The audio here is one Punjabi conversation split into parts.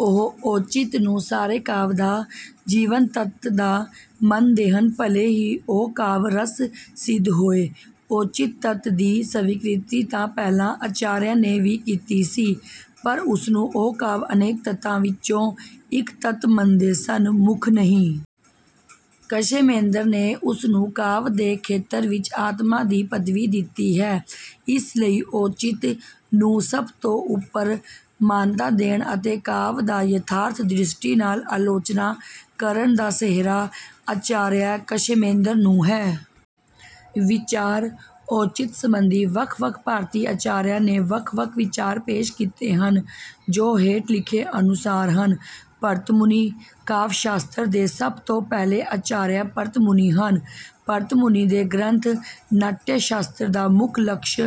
ਉਹ ਔਚਿੱਤ ਨੂੰ ਸਾਰੇ ਕਾਵਿ ਦਾ ਜੀਵਨ ਤੱਤ ਤਾਂ ਮੰਨਦੇਹਨ ਭਲੇ ਹੀ ਉਹ ਕਾਵਿ ਰਸ ਸਿੱਧ ਹੋਵੇ। ਔਚਿੱਤ ਤੱਤ ਦੀ ਸਵੀਕਿਰਤੀ ਤਾਂ ਪਹਿਲੇ ਆਚਾਰੀਆਂ ਨੇ ਵੀ ਕੀਤੀ ਸੀ, ਪਰ ਉਸਨੂੰ ਉਹ ਕਾਵਿ ਅਨੇਕ ਤੱਤਾਂ ਵਿੱਚੋਂ ਇੱਕ ਤੱਤ ਮੰਨਦੇ ਸਨ, ਮੁੱਖ ਨਹੀਂ। ਕਸ਼ੇਮੇਂਦਰ ਨੇ ਉਸਨੂੰ ਕਾਵਿ ਦੇ ਖੇਤਰ ਵਿੱਚ ਆਤਮਾ ਦੀ ਪੱਦਵੀ ਦਿੱਤੀ ਹੈ, ਇਸ ਲਈ ਔਚਿੱਤ ਨੂੰ ਸਭ ਤੋਂ ਉੱਪਰ ਮਾਨਤਾ ਦੇਣ ਅਤੇ ਕਾਵਿ ਦਾ ਯਥਾਰਥ ਦ੍ਰਿਸ਼ਟੀ ਨਾਲ ਆਲੋਚਨਾ ਕਰਨ ਦਾ ਸਿਹਰਾ ਆਚਾਰੀਆ ਕਸ਼ੇਮੇਂਦਰ ਨੂੰ ਹੈ। ਵਿਚਾਰ ਔਚਿਤ ਸੰਬੰਧੀ ਵੱਖ-ਵੱਖ ਭਾਰਤੀ ਆਚਾਰੀਆ ਨੇ ਵੱਖ-ਵੱਖ ਵਿਚਾਰ ਪੇਸ਼ ਕੀਤੇ ਹਨ, ਜੋ ਹੇਠ ਲਿਖੇ ਅਨੁਸਾਰ ਹਨ:- ਭਰਤ ਮੁਨੀ:- ਕਾਵਿ ਸ਼ਾਸਤਰ ਦੇ ਸਭ ਤੋਂ ਪਹਿਲੇ ਆਚਾਰੀਆ ਭਰਤਮੁਨੀ ਹਨ। ਭਰਤ ਮੁਨੀ ਦੇ ਗ੍ਰੰਥ "ਨਾਟਯ ਸ਼ਾਸਤਰ" ਦਾ ਮੁੱਖ ਲਕਸ਼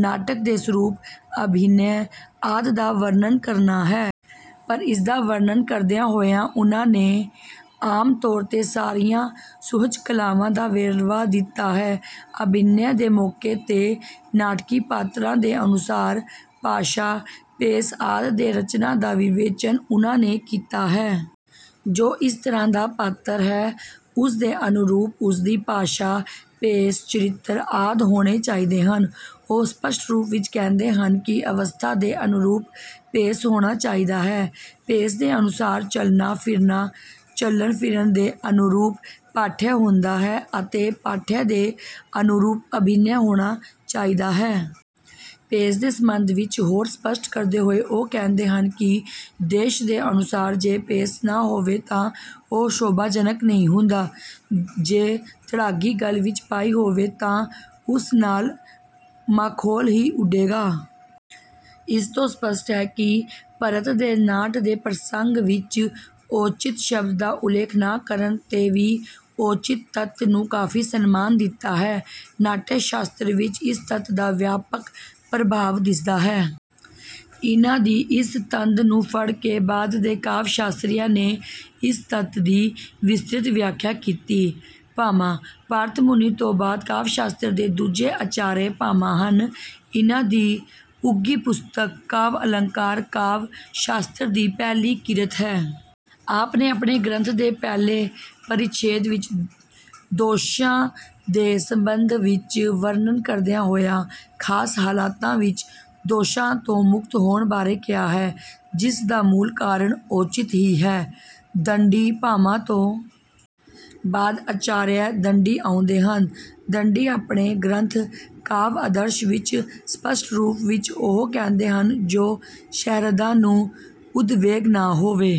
ਨਾਟਕ ਦੇ ਸਰੂਪ ਅਭਿਨੈ ਆਦਿ ਦਾ ਵਰਣਨ ਕਰਨਾ ਹੈ। ਪਰ ਇਸਦਾ ਵਰਣਨ ਕਰਦਿਆਂ ਹੋਇਆਂ ਉਨ੍ਹਾਂ ਨੇ ਆਮ ਤੌਰ ਤੇ ਸਾਰੀਆਂ ਸੁਹਜ ਕਲਾਵਾਂ ਦਾ ਵੇਰਵਾ ਦਿੱਤਾ ਹੈ। ਅਭਿਨੈ ਦੇ ਮੌਕੇ ਤੇ ਨਾਟਕੀ ਪਾਤਰਾਂ ਦੇ ਅਨੁਸਾਰ ਭਾਸ਼ਾ, ਭੇਸ ਆਦਿ ਦੇ ਰਚਨਾ ਦਾ ਵਿਵੇਚਨ ਉਹਨਾਂ ਨੇ ਕੀਤਾ ਹੈ। ਜੋ ਜਿਸ ਤਰ੍ਹਾਂ ਦਾ ਪਾਤਰ ਹੈ। ਉਸਦੇ ਅਨੁਰੂਪ, ਉਸਦੀ ਭਾਸ਼ਾ, ਭੇਸ, ਚਰਿੱਤਰ ਆਦਿ ਹੋਣੇ ਚਾਹੀਦੇ ਹਨ। ਉਹ ਸਪੱਸ਼ਟ ਰੂਪ ਵਿੱਚ ਕਹਿੰਦੇ ਹਨ ਕਿ "ਅਵਸਥਾ ਦੇ ਅਨੁਰੂਪ ਭੇਸ਼ ਹੋਣਾ ਚਾਹੀਦਾ ਹੈ"। ਭੇਸ ਦੇ ਅਨੁਸਾਰ ਚੱਲਣਾ, ਫਿਰਨਾ, ਚੱਲਣ-ਫਿਰਨ ਦੇ ਅਨੁਰੂਪ ਪਾਠਯ ਹੁੰਦਾ ਹੈ ਅਤੇ ਪਾਠਯ ਦੇ ਅਨੁਰੂਪ ਅਭਿਨੈ ਹੋਣਾ ਚਾਹੀਦਾ ਹੈ। ਭੇਸ ਦੇ ਸੰਬੰਧ ਵਿੱਚ ਹੋਰ ਸਪੱਸ਼ਟ ਕਰਦੇ ਹੋਏ ਉਹ ਕਹਿੰਦੇ ਹਨ ਕਿ ਦੇਸ਼ ਦੇ ਅਨੁਸਾਰ ਜੇ ਭੇਸ ਨਾ ਹੋਵੇ ਤਾਂ ਉਹ ਸ਼ੋਭਾ ਜਨਕ ਨਹੀਂ ਹੁੰਦਾ। ਜੇ ਤੜਾਗੀ ਗਲ ਵਿੱਚ ਪਾਈ ਜਾਵੇ, ਤਾਂ ਉਸ ਨਾਲ ਮਾਖੌਲ ਹੀ ਉਡੇਗਾ। ਇਸ ਤੋਂ ਸਪੱਸ਼ਟ ਹੈ ਕਿ ਭਰਤ ਦੇ ਨਾਟ ਦੇ ਪ੍ਰਸੰਗ ਵਿੱਚ ਔਚਿੱਤ ਸ਼ਬਦ ਦਾ ਉਲੇਖ ਨਾ ਕਰਨ ਤੇ ਵੀ "ਔਚਿੱਤ" ਤੱਤ ਨੂੰ ਕਾਫ਼ੀ ਸਨਮਾਨ ਦਿੱਤਾ ਹੈ। ਨਾਟਯ ਸ਼ਾਸਤਰ ਵਿੱਚ ਇਸ ਤੱਤ ਦਾ ਵਿਆਪਕ ਪ੍ਰਭਾਵ ਦਿੱਸਦਾ ਹੈ। ਇਹਨਾਂ ਦੀ ਇਸ ਤੰਦ ਨੂੰ ਫੜ ਕੇ ਬਾਅਦ ਦੇ ਕਾਵਿ ਸ਼ਾਸਤਰੀਆਂ ਨੇ ਇਸ ਤੱਤ ਦੀ ਵਿਸਤਰਿਤ ਵਿਆਖਿਆ ਕੀਤੀ। ਭਾਮਹ:- ਭਰਤਮੁਨੀ ਤੋਂ ਬਾਅਦ ਕਾਵਿ-ਸ਼ਾਸਤਰ ਦੇ ਦੂਜੇ ਆਚਾਰੀਆਂ ਭਾਮਹ ਹਨ। ਇਹਨਾਂ ਦੀ ਉੱਘੀ ਪੁਸਤਕ "ਕਾਵਿ ਆਲੰਕਾਰ" ਕਾਵਿ ਸ਼ਾਸਤਰ ਦੀ ਪਹਿਲੀ ਕਿਰਤ ਹੈ। ਆਪ ਨੇ ਆਪਣੇ ਗ੍ਰੰਥ ਦੇ ਪਹਿਲੇ ਪਰਿਛੇਦ ਵਿੱਚ ਦੋਸਾਂ ਦੇ ਸੰਬੰਧਵਿੱਚ ਵਰਣਨ ਕਰਦਿਆਂ ਹੋਇਆ ਖ਼ਾਸ ਹਾਲਤਾਂ ਵਿੱਚ ਦੋਸ਼ਾਂ ਤੋਂ ਮੁਕਤ ਹੋਣ ਬਾਰੇ ਕਿਹਾ ਹੈ। ਜਿਸਦਾ ਮੂਲ ਕਾਰਨ ਔਚਿੱਤ ਹੀ ਹੈ। ਦੰਡੀ:- ਭਾਮਹ ਤੋਂ ਬਾਅਦ ਆਚਾਰੀਆ ਦੰਡੀ ਆਉਂਦੇ ਹਨ| ਦੰਡੀ ਆਪਣੇ ਗ੍ਰੰਥ 'ਕਾਵਿ ਆਦਰਸ਼' ਵਿੱਚ ਸਪੱਸ਼ਟ ਰੂਪ ਵਿੱਚ ਉਹ ਕਹਿੰਦੇ ਹਨ ਜੋ ਸ਼ਹਿਰਦਾਂ ਨੂੰ ਉਦਵੇਗ ਨਾ ਹੋਵੇ